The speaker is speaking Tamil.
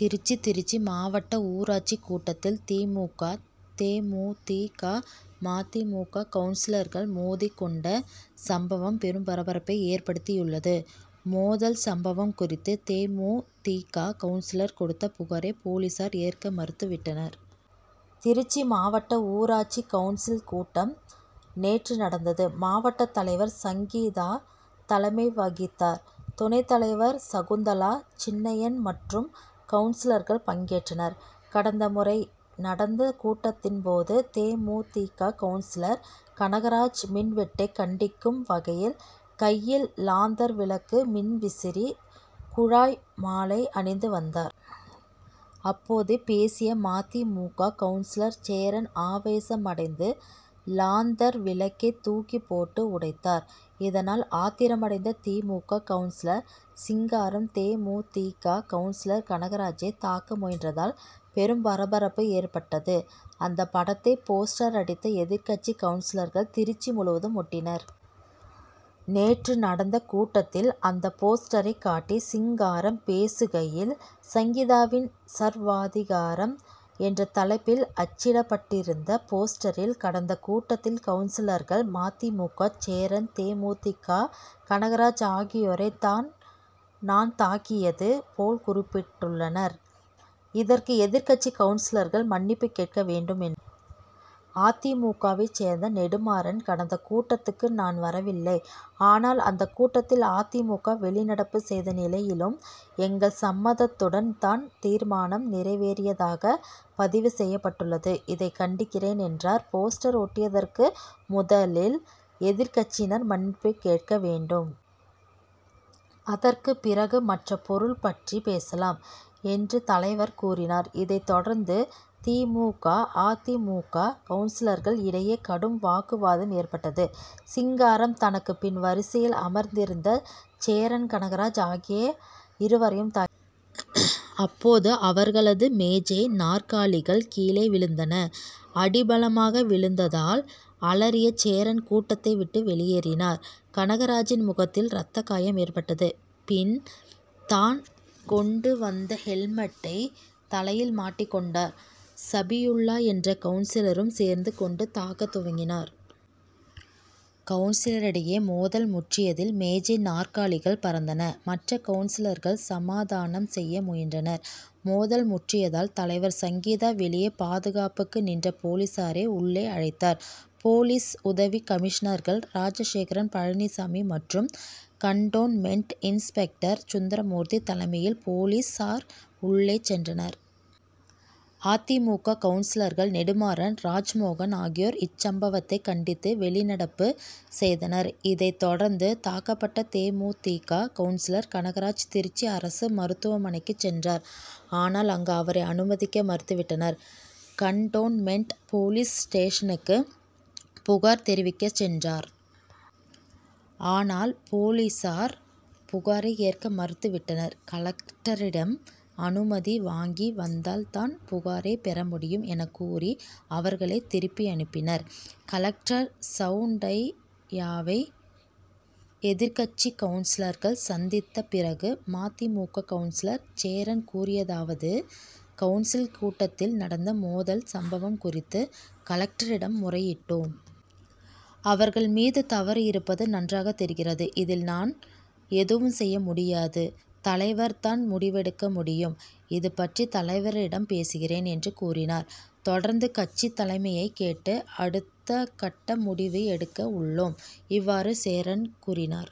திருச்சி திருச்சி மாவட்ட ஊராட்சி கூட்டத்தில், தி. மு. க., தே. மு. தி. க., ம. தி. மு. க., கவுன்சிலர்கள் மோதிக் கொண்ட சம்பவம், பெரும் பரபரப்பை ஏற்படுத்தியுள்ளது. மோதல் சம்பவம் குறித்து, தே. மு. தி. க., கவுன்சிலர் கொடுத்த புகாரை, போலீசார் ஏற்க மறுத்து விட்டனர். திருச்சி மாவட்ட ஊராட்சி கவுன்சில் கூட்டம் நேற்று நடந்தது. மாவட்டத் தலைவர் சங்கீதா தலைமை வகித்தார். துணைத் தலைவர் சகுந்தலா சின்னையன் மற்றும் கவுன்சிலர்கள் பங்கேற்றனர். கடந்த முறை நடந்த கூட்டத்தின் போது, தே. மு. தி. க., கவுன்சிலர் கனகராஜ், மின்வெட்டை கண்டிக்கும் வகையில் கையில் லாந்தர் விளக்கு, மின்விசிறி, குழாய் மாலை அணிந்து வந்தார். அப்போது, பேசிய ம. தி. மு. க., கவுன்சிலர் சேரன் ஆவேசமடைந்து, லாந்தர் விளக்கை தூக்கி போட்டு உடைத்தார். இதனால், ஆத்திரமடைந்த தி. மு. க., கவுன்சிலர் சிங்காரம், தே. மு. தி. க., கவுன்சிலர் கனகராஜை தாக்க முயன்றதால், பெரும் பரபரப்பு ஏற்பட்டது. அந்த படத்தை போஸ்டர் அடித்த, எதிர்க்கட்சி கவுன்சிலர்கள், திருச்சி முழுவதும் ஒட்டினர். நேற்று நடந்த கூட்டத்தில், அந்த போஸ்டரை காட்டி சிங்காரம் பேசுகையில், சங்கீதாவின் சர்வாதிகாரம்' என்ற தலைப்பில் அச்சிடப்பட்டிருந்த போஸ்டரில், கடந்த கூட்டத்தில், கவுன்சிலர்கள் ம. தி. மு. க., சேரன், தே. மு. தி. க., கனகராஜ் ஆகியோரை தான் நான் தாக்கியது போல் குறிப்பிட்டுள்ளனர். இதற்கு எதிர்க்கட்சி கவுன்சிலர்கள் மன்னிப்புக் கேட்க வேண்டும் என்றா. அ. தி. மு. க.,வைச் சேர்ந்த நெடுமாறன், கடந்த கூட்டத்துக்கு நான் வரவில்லை. ஆனால், அந்த கூட்டத்தில் அ. தி. மு. க., வெளிநடப்பு செய்த நிலையிலும், எங்கள் சம்மதத்துடன் தான் தீர்மானம் நிறைவேறியதாக பதிவு செய்யப்பட்டுள்ளது இதை கண்டிக்கிறேன்,'' என்றார். போஸ்டர் ஒட்டியதற்கு முதலில் எதிர்க்கட்சியினர் மன்னிப்பு கேட்க வேண்டும். அதற்கு பிறகு மற்ற பொருள் பற்றி பேசலாம், என்று, தலைவர் கூறினார். இதைத் தொடர்ந்து தி. மு. க., அ. தி. மு. க., கவுன்சிலர்கள் இடையே கடும் வாக்குவாதம் ஏற்பட்டது. சிங்காரம், தனக்கு பின் வரிசையில் அமர்ந்திருந்த சேரன், கனகராஜ் ஆகிய இருவரையும் தாக்கி. அப்போது அவர்களது மேஜை, நாற்காலிகள் கீழே விழுந்தன. அடி பலமாக விழுந்ததால், அலறிய சேரன், கூட்டத்தை விட்டு வெளியேறினார். கனகராஜின் முகத்தில் ரத்த காயம் ஏற்பட்டது. பின், தான் கொண்டு வந்த, ஹெல்மெட்டை தலையில் மாட்டிக் கொண்டார். சபியுல்லா என்ற கவுன்சிலரும் சேர்ந்து கொண்டு தாக்கத் துவங்கினார். கவுன்சிலரிடையே மோதல் முற்றியதில் மேஜை, நாற்காலிகள் பறந்தன. மற்ற கவுன்சிலர்கள் சமாதானம் செய்ய முயன்றனர். மோதல் முற்றியதால், தலைவர் சங்கீதா, வெளியே பாதுகாப்புக்கு நின்ற போலீசாரை உள்ளே அழைத்தார். போலீஸ் உதவி கமிஷனர்கள் ராஜசேகரன், பழனிசாமி மற்றும் கன்டோன்மென்ட் இன்ஸ்பெக்டர் சுந்தரமூர்த்தி தலைமையில், போலீசார் உள்ளே சென்றனர். அ. தி. மு. க., கவுன்சிலர்கள் நெடுமாறன், ராஜ்மோகன் ஆகியோர், இச்சம்பவத்தை கண்டித்து வெளிநடப்பு செய்தனர். இதைத் தொடர்ந்து தாக்கப்பட்ட தே. மு. தி. க., கவுன்சிலர் கனகராஜ் திருச்சி அரசு மருத்துவமனைக்குச் சென்றார். ஆனால், அங்கு அவரை அனுமதிக்க மறுத்துவிட்டனர். கன்டோன்மென்ட் போலீஸ் ஸ்டேஷனுக்கு புகார் தெரிவிக்கச் சென்றார். ஆனால், போலீசார் புகாரை ஏற்க மறுத்துவிட்டனர். கலெக்டரிடம் அனுமதி வாங்கி வந்தால் தான் புகாரை பெறமுடியும்' எனக் கூறி, அவர்களை திருப்பியனுப்பினர். கலெக்டர் சவுண்டையாவை எதிர்க்கட்சி கவுன்சிலர்கள் சந்தித்த பிறகு ம. தி. மு. க., கவுன்சிலர் சேரன் கூறியதாவது கவுன்சில் கூட்டத்தில் நடந்த மோதல் சம்பவம் குறித்து கலெக்டரிடம் முறையிட்டோம். அவர்கள் மீது தவறு இருப்பது நன்றாக தெரிகிறது. இதில், நான் எதுவும் செய்ய முடியாது. தலைவர் தான் முடிவெடுக்க முடியும். இதுபற்றி தலைவரிடம் பேசுகிறேன்' என்று கூறினார். தொடர்ந்து கட்சித் தலைமையைக் கேட்டு அடுத்தக்கட்ட முடிவு எடுக்க உள்ளோம். இவ்வாறு சேரன் கூறினார்.